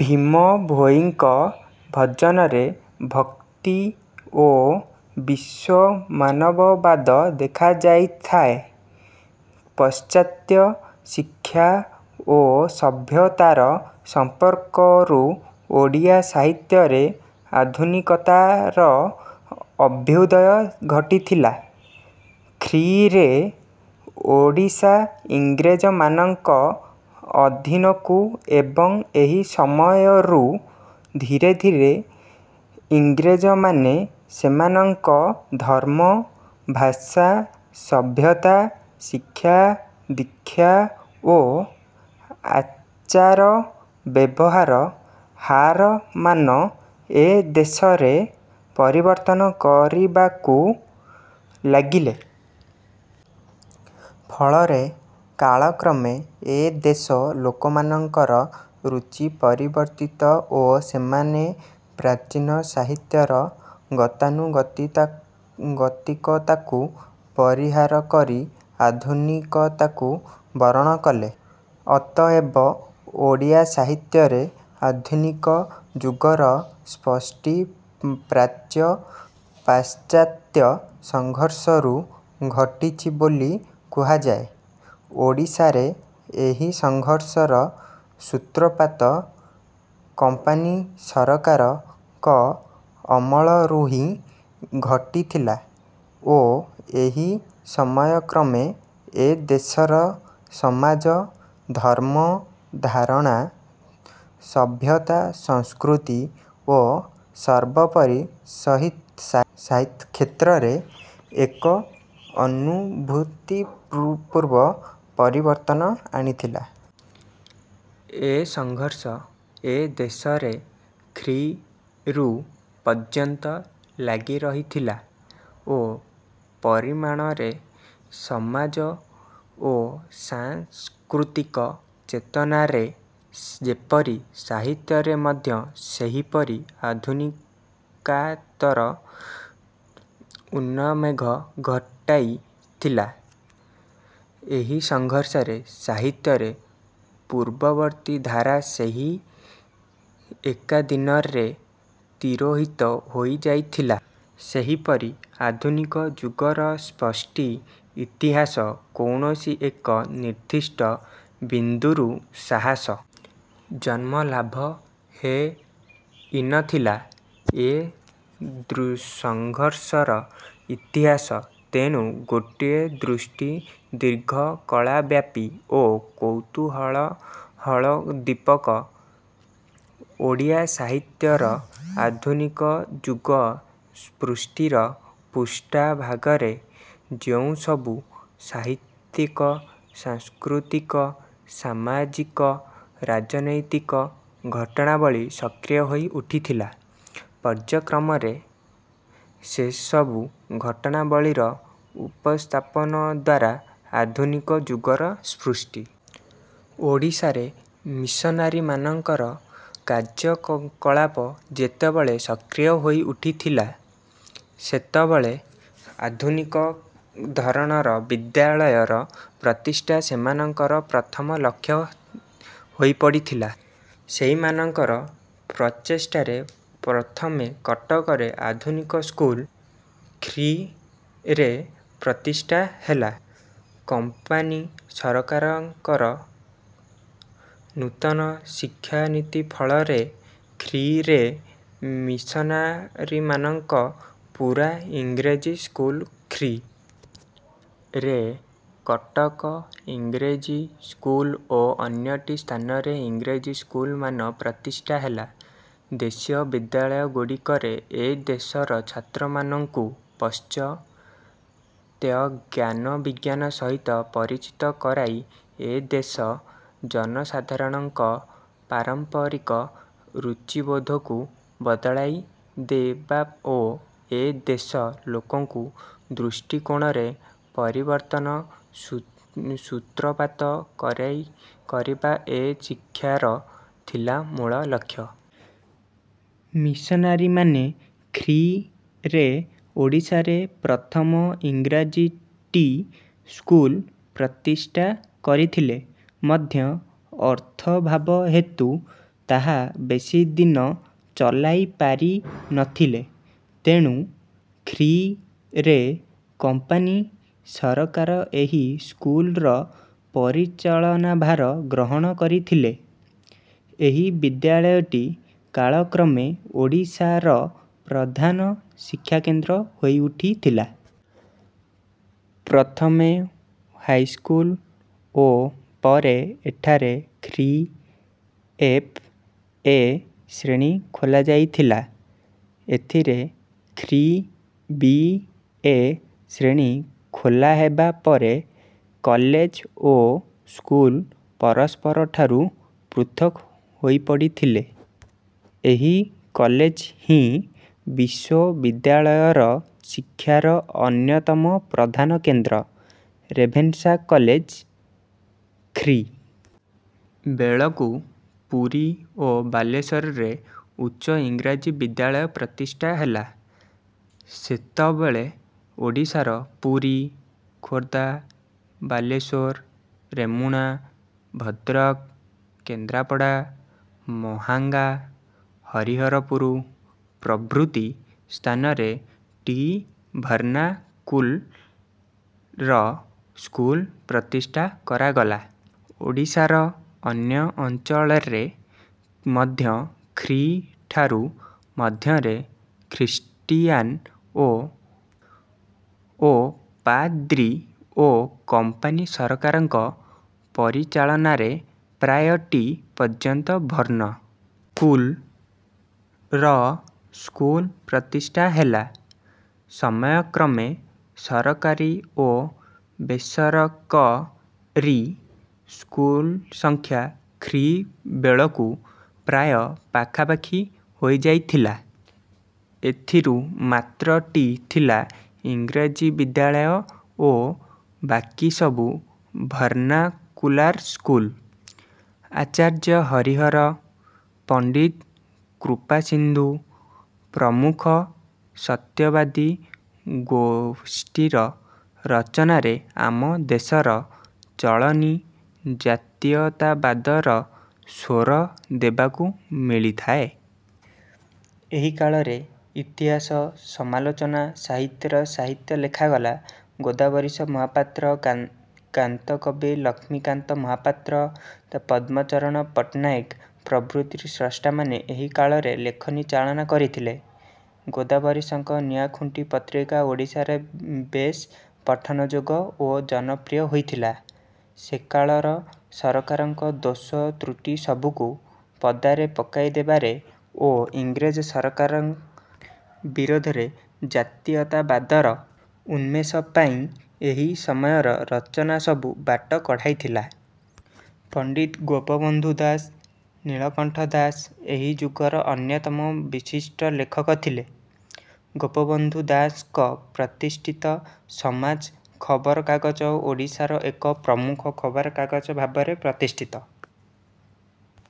ଭୀମଭୋଇଙ୍କ ଭଜନରେ ଭକ୍ତି ଓ ବିଶ୍ୱମାନବବାଦ ଦେଖାଯାଇଥାଏ। ପଶ୍ଚ। ତ୍ୟ ଶିକ୍ଷା ଓ ସଭ୍ୟତାର ସମ୍ପର୍କରୁ ଓଡ଼ିଆ ସାହିତ୍ୟରେ ଆଧୁନିକତାର ଅଭୁ୍ଦୟ ଘଟିଥିଲା। ଖ୍ରୀ. ରେ ଓଡ଼ିଶା ଇଂରେଜମାନଙ୍କ ଅଧୀନକୁ ଏବଂ ଏହି ସମୟରୁ ଧୀରେ ଧୀରେ ଇଂରେଜମ। ନେ ସେମାନଂକ ଧର୍ମ, ଭାଷା, ସଭ୍ୟତା, ଶିକ୍ଷା, ଦୀକ୍ଷା ଓ ଆଚାର-ବ୍ୟବହାର ହାର ମାନ ଏ ଦେଶରେ ପ୍ରବର୍ତ୍ତନ କରିବାକୁ ଲାଗିଲେ। ଫଳରେ କାଳ କ୍ରମେ ଏ ଦେଶ ଲୋକମାନଙ୍କର ରୁଚି ପରିବର୍ତିତ ଓ ସେମାନେ ପ୍ରାଚୀନ ସାହିତ୍ୟର ଗତାନୁଗତିକତାକୁ ପରିହାର କରି ଆଧୁନିକତାକୁ ବରଣ କଲେ। ଅତଏବ ଓଡ଼ିଆ ସାହିତ୍ୟରେ ଆଧୁନିକ ଯୁଗର ସୃଷ୍ଟି ପ୍ରା ଚ୍ୟ-ପ। ଶ୍ଚ। ତ୍ୟ ସଂଘର୍ଷରୁ ଘଟିଛି ବୋଲି କୁହାଯାଏ। ଓଡ଼ିଶାରେ ଏହି ସଂଘର୍ଷର ସୂତ୍ରପାତ "କମ୍ପାନୀ ସରକାର"ଙ୍କ ଅମଳରୁହିଁ ଘଟିଥିଲା ଓ ଏହା ସମୟକ୍ରମେ ଏ ଦେଶର ସମାଜ, ଧର୍ମ-ଧାରଣା, ସଭ୍ୟତା, ସଂସ୍କୃତି ଓ ସର୍ବୋପରି ସାହିତ୍ୟ କ୍ଷେତ୍ରରେ ଏକ ଅନୁଭୂତିପୂର୍ବ ପରିବର୍ତ୍ତନ ଆଣିଥିଲା। ଏ ସଂଘର୍ଷ ଏ ଦେଶରେ ଖ୍ରୀ. ରୁ ପର୍ଯ୍ୟନ୍ତ ଲାଗିରହିଥିଲା ଓ ପରିମାଣରେ ସମାଜ ଓ ସଂ। ସ୍କୃତିକ ଚେତନାରେ ଯେପରି ସାହିତ୍ୟରେ ମଧ୍ୟ ସେହିପରି ଆଧୁନିକାତର ଉନଂମେଷ ଘଟାଇ ଥିଲା। ଏହି ସଂଘର୍ଷରେ ସାହିତ୍ୟରେ ପୂର୍ବବର୍ତ୍ତୀ ଧାରା ସେହି ଏକା ଦିନରେ ତିରେ। ହିତ ହୋଇ ଯାଇ ନଥିଲା, ସେହିପରି ଆଧୁନିକ ଯୁଗର ସୃଷ୍ଟି ଇତିହାସ କୌଣସି ଏକ ନିର୍ଦ୍ଦିଷ୍ଟ ବିନ୍ଦୁରୁ ସାହସ। ଜନ୍ମ ଲାଭ ହେ। ଇନଥିଲା। ଏ ସଂଘର୍ଷର ଇତିହାସ ତେଣୁ ଗୋଟିଏ ଦୃଷ୍ଟି ଦୀର୍ଘକଳାବ୍ୟାପୀ ଓ କୌତୂହଳୋଦୀପକ। ଓଡ଼ିଆ ସାହିତ୍ୟର ଆଧୁନିକ ଯୁଗର ସୃଷ୍ଟିର ପୃଷ୍ଠ ଭାଗରେ ଯେଉଁସବୁ ସାହିତ୍ୟିକ, ସାଂସ୍କୃତିକ, ସ। ମାଜିକ, ରାଜନୀତିକ ଘଟଣାବଳୀ ସକ୍ରିୟ ହୋଇ ଉଠିଥିଲା, ପର୍ଯ୍ୟାୟକ୍ରମେ ସେସବୁ ଘଟଣାବଳୀର ଉପସ୍ଥାପନଦ୍ୱାରା ଆଧୁନିକ ଯୁଗର ସୃଷ୍ଟି। ଓଡ଼ିଶାରେ ମିସନାରୀମାନଙ୍କର କାର୍ଯ୍ୟକଳାପ ଯେତେବେଳେ ସକ୍ରିୟ ହୋଇ ଉଠିଥିଲା, ସେତେବେଳେ ଆଧୁନିକଧରଣର ବିଦ୍ୟାଳୟ ପ୍ରତିଷ୍ଠା ସେମାନଙ୍କର ପ୍ରଥମ ଲକ୍ଷ୍ୟ ହୋଇପଡିଥିଲା। ସେହିମାନଙ୍କର ପ୍ରଚେଷ୍ଠାରେ ପ୍ରଥମେ କଟକରେ ଆଧୁନିକ ସ୍କୁଲ ଖ୍ରୀ. ରେ ପ୍ରତିଷ୍ଠା ହେଲା। କମ୍ପାନୀ ସରକାରଙ୍କ ନୂତନ ଶିକ୍ଷାନୀତି ଫଳରେ ଖ୍ରୀ. ରେ ମିସନାରୀମାନଙ୍କ ପୁରୀ ଇଂରାଜୀ ସ୍କୁଲ ଖ୍ରୀ. ରେ କଟକ ଇଂରାଜୀ ସ୍କୁଲ ଓ ଅନ୍ୟ ଟି ସ୍ଥାନରେ ଇଂରାଜୀ ସ୍କୁଲ ମାନ ପ୍ରତିଷ୍ଠା ହେଲା। ଦେଶୀୟ ବିଦ୍ୟାଳୟଗୁଡିକରେ ଏ ଦେଶର ଛାତ୍ରମାନଙ୍କୁ ପଶ୍ଚ। ତ୍ୟ ଜ୍ଞାନ-ବିଜ୍ଞାନ ସହିତ ପରିଚିତ କରାଇ ଏ ଦେଶ ଜନସଧାରଣଙ୍କ ପାରମ୍ପରିକ ରୁଚିବୋଧକୁ ବଦଳାଇଦେବା ଓ ଏ ଦେଶ ଲୋକଙ୍କ ଦୃଷ୍ଟିକୋଣରେ ପରିବର୍ତ୍ତନ ସୂତ୍ରପାତ କରିବା ଏ ଶିକ୍ଷାର ଥିଲା ମୂଳ ଲକ୍ଷ୍ୟ। ମିସନାରୀମାନେ ଖ୍ରୀ. ରେ ଓଡ଼ିଶାରେ ପ୍ରଥମ ଇଂରାଜୀ ଟି ସ୍କୁଲ ପ୍ରତିଷ୍ଠା କରିଥିଲେ ମଧ୍ୟ ଅର୍ଥାଭାବ ହେତୁ ତାହା ବେଶୀ ଦିନ ଚଳାଇ ପାରି ନଥିଲେ। ତେଣୁ ଖ୍ରୀ. ରେ କମ୍ପାନୀ ସରକାର ଏହି ସ୍କୁଲର ପରିଚାଳନାଭାର ଗ୍ରହଣ କରିଥିଲେ। ଏହି ବିଦ୍ୟାଳୟଟି କାଳକ୍ରମେ ଓଡ଼ିଶାର ପ୍ରଧାନ ଶିକ୍ଷାକେନ୍ଦ୍ର ହୋଇଉଠିଥିଲା। ପ୍ରଥମେ ହାଇସ୍କୁଲ ଓ ପରେ ଏଠାରେ ଖ୍ରୀ. ଏଫ. ଏ ଶ୍ରେଣୀ ଖୋଲାଯାଇଥିଲା। ଏଥିରେ ଖ୍ରୀ. ବି. ଏ ଶ୍ରେଣୀ ଖୋଲାହେବା ପରେ କଲେଜ ଓ ସ୍କୁଲ ପରସ୍ପରଠାରୁ ପୃଥକ ହୋଇପଡିଲେ। ଏହି କଲେଜହିଁ ବିଶ୍ୱବିଦ୍ୟାଳୟ ଶିକ୍ଷାର ଅନ୍ୟତମ ପ୍ରଧାନ କେନ୍ଦ୍ର "ରେଭେନ୍ସା କଲେଜ"। ଖ୍ରୀ. ବେଳକୁ ପୁରୀ ଓ ବାଲେଶ୍ୱରରେ ଉଚ୍ଚ ଇଂରାଜୀ ବିଦ୍ୟାଳୟ ପ୍ରତିଷ୍ଠା ହେଲା। ସେତେବେଳେ ଓଡ଼ିଶାର ପୁରୀ, ଖୋର୍ଦ୍ଧା, ବାଲେଶ୍ୱର, ରେମୁଣା, ଭଦ୍ରକ, କେନ୍ଦ୍ରାପଡ଼ା, ମହାଙ୍ଗା, ହରିହରପୁର ପ୍ରଭୃତି ସ୍ଥାନରେ ଟି ଭର୍ଣ୍ଣ। କୁଲ। ର ସ୍କୁଲ ପ୍ରତିଷ୍ଠା କରାଗଲା। ଓଡ଼ିଶାର ଅନ୍ୟ ଅଞ୍ଚଳରେ ମଧ୍ୟ ଖ୍ରୀ. ଠାରୁ ମଧ୍ୟରେ ଖ୍ରୀଷ୍ଟିଆନ ଓ ପାଦ୍ରୀ ଓ କମ୍ପାନୀ ସରକାରଙ୍କ ପରିଚାଳନାରେ ପ୍ରାୟ ଟି ପର୍ଯ୍ୟନ୍ ଭର୍ଣ୍ଣ। କୁଲ। ର ସ୍କୁଲ ପ୍ରତିଷ୍ଠା ହେଲା। ସମୟକ୍ରମେ ସରକାରୀ ଓ ବେସରକ। ରୀ ସ୍କୁଲସଂଖ୍ୟା ଖ୍ରୀ. ବେଳକୁ ପ୍ରାୟ ପାଖାପାଖି ହୋଇଯାଇଥିଲା। ଏଥିରୁ ମାତ୍ର ଟି ଥିଲା ଇଁରାଜୀ ବିଦ୍ୟାଳୟ ଓ ବାକିସବୁ ଭର୍ଣ୍ଣାକୁଲାର ସ୍କୁଲ। ଆଚାର୍ଯ୍ୟ ହରିହର, ପଣ୍ଡିତ କୃପାସିନ୍ଧୁ ପ୍ରମୁଖ ସତ୍ୟବାଦୀ ଗୋଷ୍ଠୀର ରଚନାରେ ଆମ ଦେଶର ଚଳଣି ଜାତୀୟତାବାଦର ସ୍ୱର ଦେଖିବାକୁ ମିଳିଥାଏ। ଏହି କାଳରେ ଇତିହାସ, ସମାଲୋଚନା ସାହିତ୍ୟର ସାହିତ୍ୟ ଲେଖାଗଲା। ଗୋଦାବରୀଶ ମହାପାତ୍ର, କାନ୍ତକବି ଲକ୍ଷ୍ମୀକାନ୍ତ ମହାପାତ୍ର, ପଦ୍ମଚରଣ ପଟ୍ଟନାୟକ ପ୍ରଭୃତି ସ୍ରଷ୍ଟାମାନେ ଏହି କାଳରେ ଲେଖନୀ ଚାଳନା କରିଥିଲେ। ଗୋଦାବରୀଶଙ୍କ ନିଆଁଖୁଣ୍ଟା ପତ୍ରିକା ଓଡ଼ିଶାରେ ବେଶ ପଠନଯୋଗୀ ଓ ଜନପ୍ରିୟ ହୋଇପାରିଥିଲା। ସେକାଳର ସରକାରଙ୍କ ଦୋଷ ତ୍ରୁଟିସବୁକୁ ପଦାରେ ପକାଇଦେବାରେ ଓ ଇଂରେଜ ସରକାର ବିରୋଧରେ ଜାତୀୟତାବାଦର ଉନ୍ମେଷ ପାଇଁ ଏହି ସମୟର ରଚନାସବୁ ବାଟ କଢ଼ାଇଥିଲା। ପଣ୍ଡିତ ଗୋପବନ୍ଧୁ ଦାସ, ନୀଳକଣ୍ଠ ଦାସ ଏହି ଯୁଗର ଅନ୍ୟତମ ବିଶିଷ୍ଟ ଲେଖକ ଥିଲେ। ଗୋପବନ୍ଧୁ ଦାସଙ୍କ ପ୍ରତିଷ୍ଠିତ ସମାଜ ଖବରକାଗଜ ଓଡ଼ିଶାର ଏକ ପ୍ରମୁଖ ଖବରକାଗଜ ଭାବରେ ପ୍ରତିଷ୍ଠିତ।